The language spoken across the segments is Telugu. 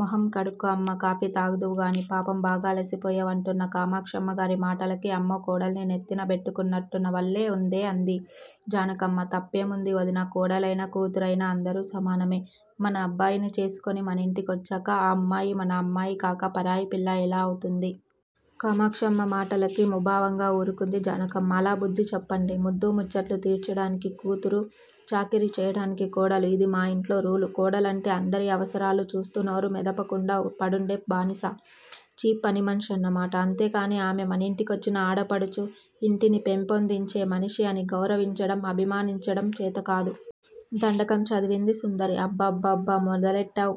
మొహం కడుక్కో అమ్మా కాఫీ తాగుదువుగానీ, పాపం! బాగా అలసిపోయావ్ అంటూన్న కామాక్షమ్మగారి మాటలకి అమ్మో కోడల్ని నెత్తిన బెట్టుకున్నట్టున్నావల్లే వుందే అంది జానకమ్మ. తప్పేముంది వదినా! కోడలైనా కూతురైనా అందరూ సమానమే. మనబ్బాయిని చేసుకుని మనింటికొచ్చాక ఆ అమ్మాయి మన అమ్మాయికాక పరాయిపిల్ల ఎలా అవుతుంది? కామాక్షమ్మ మాటలకి ముభావంగా ఊరుకుంది జానకమ్మ. అలా బుద్ది చెప్పండి. ముద్దూముచ్చట్లు తీర్చాడానికి కూతురూ, చాకిరీ చెయ్యడానికి కోడలూ. ఇదీ మా ఇంట్లో రూలు. కోడలంటే అందరి అవసరాలూ చూస్తూ, నోరు మొదపకుండా పడుండే బానిస. 'చీఫ్' పనిమనిషన్నమాట. అంతేకానీ, ఆమె మన ఇంటికొచ్చిన ఆడపడుచు, ఇంటిని పెంపొందించే మనిషి అని గౌరవించడం, అభిమానించడం చేతకాదు. దండకం చదివింది సుందరి. అ బ్బ బ్బ బ్బ మొదలెట్టావ్?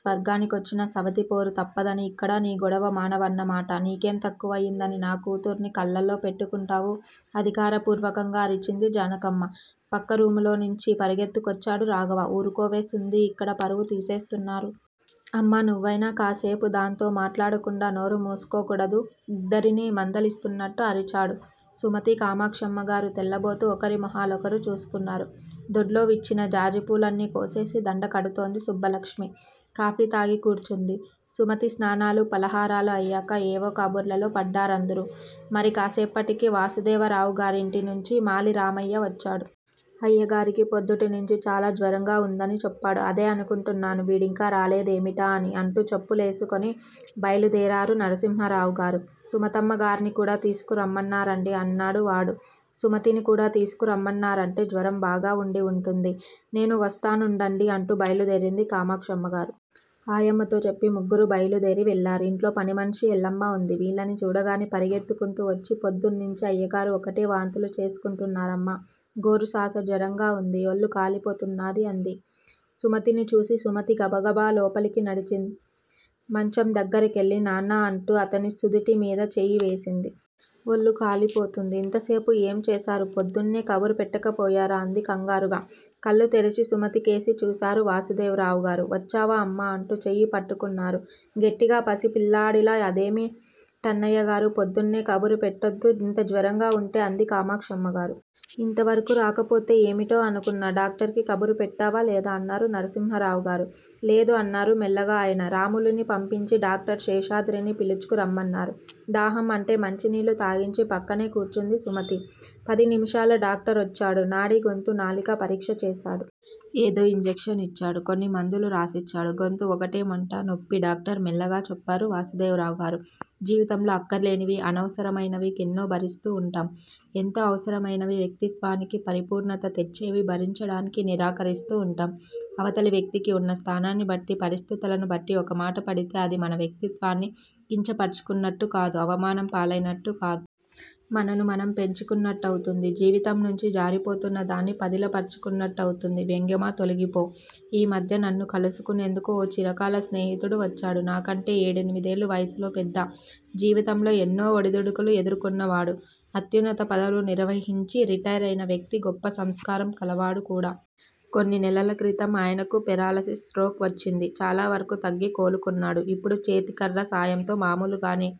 స్వర్గాని కొచ్చినా సవతిపోరు తప్పదనీ, ఇక్కడా నీ గొడవ మానవన్న మాట. నీకేం తక్కువయిందని, నా కూతుర్ని కళ్ళల్లో పెట్టుకుంటావు అధికారపూర్వకంగా అరిచింది జానకమ్మ. పక్క రూములోనుంచి పరుగెత్తుకొచ్చాడు రాఘవ. ఊరుకోవే సుందీ ఇక్కడా పరువు తీసేస్తున్నారు. అమ్మా నువ్వైనా కాస్సేపు దాంతో మాట్లాడకుండా నోరు మూసుకోకూడదూ? ఇద్దరినీ మందలిస్తూన్నట్టు అరిచాడు. సుమతీ, కామాక్షమ్మగారు తెల్లబోతూ ఒకరిమొహ లోకరు చూసుకున్నారు. దొడ్లో విచ్చిన జాజిపూలన్నీ కోసేసి దండకడుతోంది సుబ్బలక్ష్మి, కాఫీ తాగి కూర్చుంది. సుమతి. స్నానాలూ, ఫలహారాలు అయ్యాక ఏవో కబుర్లలో పడ్డారందరూ. మరికాస్సేపటికి వాసుదేవరావుగారింటి నుంచి మాలిరామయ్య వచ్చాడు. అయ్యాగారికి పొద్దుటినుంచీ చాలా జ్వరంగా వుంద ని చెప్పాడు. అదే అనుకుంటున్నాను, వీడింకా రాలేదేమిటా అని అంటూ చెప్పు లేసుకుని బయలుదేరారు నరసింహరావుగారు. సుమతమ్మగార్ని కూడా తీసుకురమ్మన్నారండీ అన్నాడువాడు. సుమతినికూడా తీసుకురమ్మన్నారంటే, జ్వరం బాగా వుండి వుంటుంది. నేనూ వస్తా నుండండి అంటూ బయలుదేరింది కామాక్షమ్మగారు. ఆయమ్మతో చెప్పి ముగ్గురూ బయలుదేరి వెళ్ళారు. ఇంట్లో పనిమనిషి ఎల్లమ్మ వుంది. వీళ్ళని చూడగానే పరుగెత్తుకుంటూ వచ్చి పొద్దునుంచీ అయ్యాగారు ఒకటే వాంతులు చేసుకుంటున్నారమ్మగోరూ శాస జరంగా వుంది. ఒల్లు కాలిపోతన్నాది అంది సుమతిని చూసి. సుమతి గబగబా లోపలికి నడిచింది. మంచం దగ్గరికెళ్ళి నాన్నా అంటూ అతని సుదుటిమీద చెయ్యి వేసింది. ఒళ్ళు కాలిపోతోంది. ఇంతసేపు ఏం చేశారూ? పొద్దున్నే కబురు పెట్టకపోయారా? అంది కంగారుగా. కళ్ళు తెరచి సుమతికేసి చూశారు వాసుదేవరావుగారు. వచ్చావా అమ్మా అంటూ చెయ్యి పట్టుకున్నారు గట్టిగా పసి పిల్లాడిలా. అదేమి టన్నయ్యగారూ, పొద్దున్నే కబురు పెట్టోద్దూ, ఇంత జ్వరంగా వుంటే అంది కామాక్షమ్మగారు. ఇంతవరకూ రాకపోతే ఏమిటో అనుకున్నా. డాక్టర్ కి కబురుపెట్టావా లేదా? అన్నారు నరసింహరావుగారు. లేదు అన్నారు మెల్లగా ఆయన. రాములుని పంపించి డాక్టర్ శేషాద్రిని పిలుచుకు రమ్మన్నారు. దాహం అంటే మంచినీళ్ళు తాగించి పక్కనే కూర్చుంది సుమతి. పది నిమిషాల డాక్టరోచ్చాడు. నాడీ, గొంతు, నాలిక పరీక్ష చేశాడు. ఏదో ఇంజక్షన్ ఇచ్చాడు. కొన్ని మందులు రాసిచ్చాడు. గొంతు ఒకటే మంట, నొప్పి డాక్టర్ మెల్లగా చెప్పారు వాసుదేవ్రావుగారు. జీవితంలో అక్కర్లేనివీ, అనవసరమైనవీ ఎన్నో భరిస్తూ వుంటాం ఎంతో అవసరమైనవీ, వ్యక్తిత్వానికి పరిపూర్ణత తెచ్చేవీ భరించడానికి నిరాకరిస్తూ వుంటాం. అవతలి వ్యక్తికి వున్న స్థానాన్నిబట్టీ, పరిస్థితులను బట్టీ ఒకమాట పడితే, అది మన వ్యక్తిత్వాన్ని కించపరచుకున్నట్టు కాదు, అవమానం పాలైనట్టుకాదు. మానను మనం పెంచుకున్నట్టవుతుంది. జీవితంనుంచి జారిపోతూన్న దాన్ని పదిలపరచుకున్నట్టవుతుంది. వ్యంగ్యమా! తొలగిపో! ఈ మధ్య నన్ను కలుసుకునేందుకు ఓ చిరకాల స్నేహితుడు వచ్చాడు. నాకంటే ఏడెమినిదేళ్ళు వయసులో పెద్ద. జీవితంలో ఎన్నో ఒడిదుడికులు ఎదుర్కున్నవాడు. అత్యున్నత పదవులు నిర్వహించి, రిటైరైన వ్యక్తి గొప్ప సంస్కారం కలవాడు కూడా. కొన్ని నెలలక్రితం ఆయనకు పెరాలిసిస్ స్ట్రోక్ వచ్చింది. చాలావరకూ తగ్గి, కోలుకున్నాడు. ఇప్పుడు చేతికర్ర సాయంతో మామూలుగానే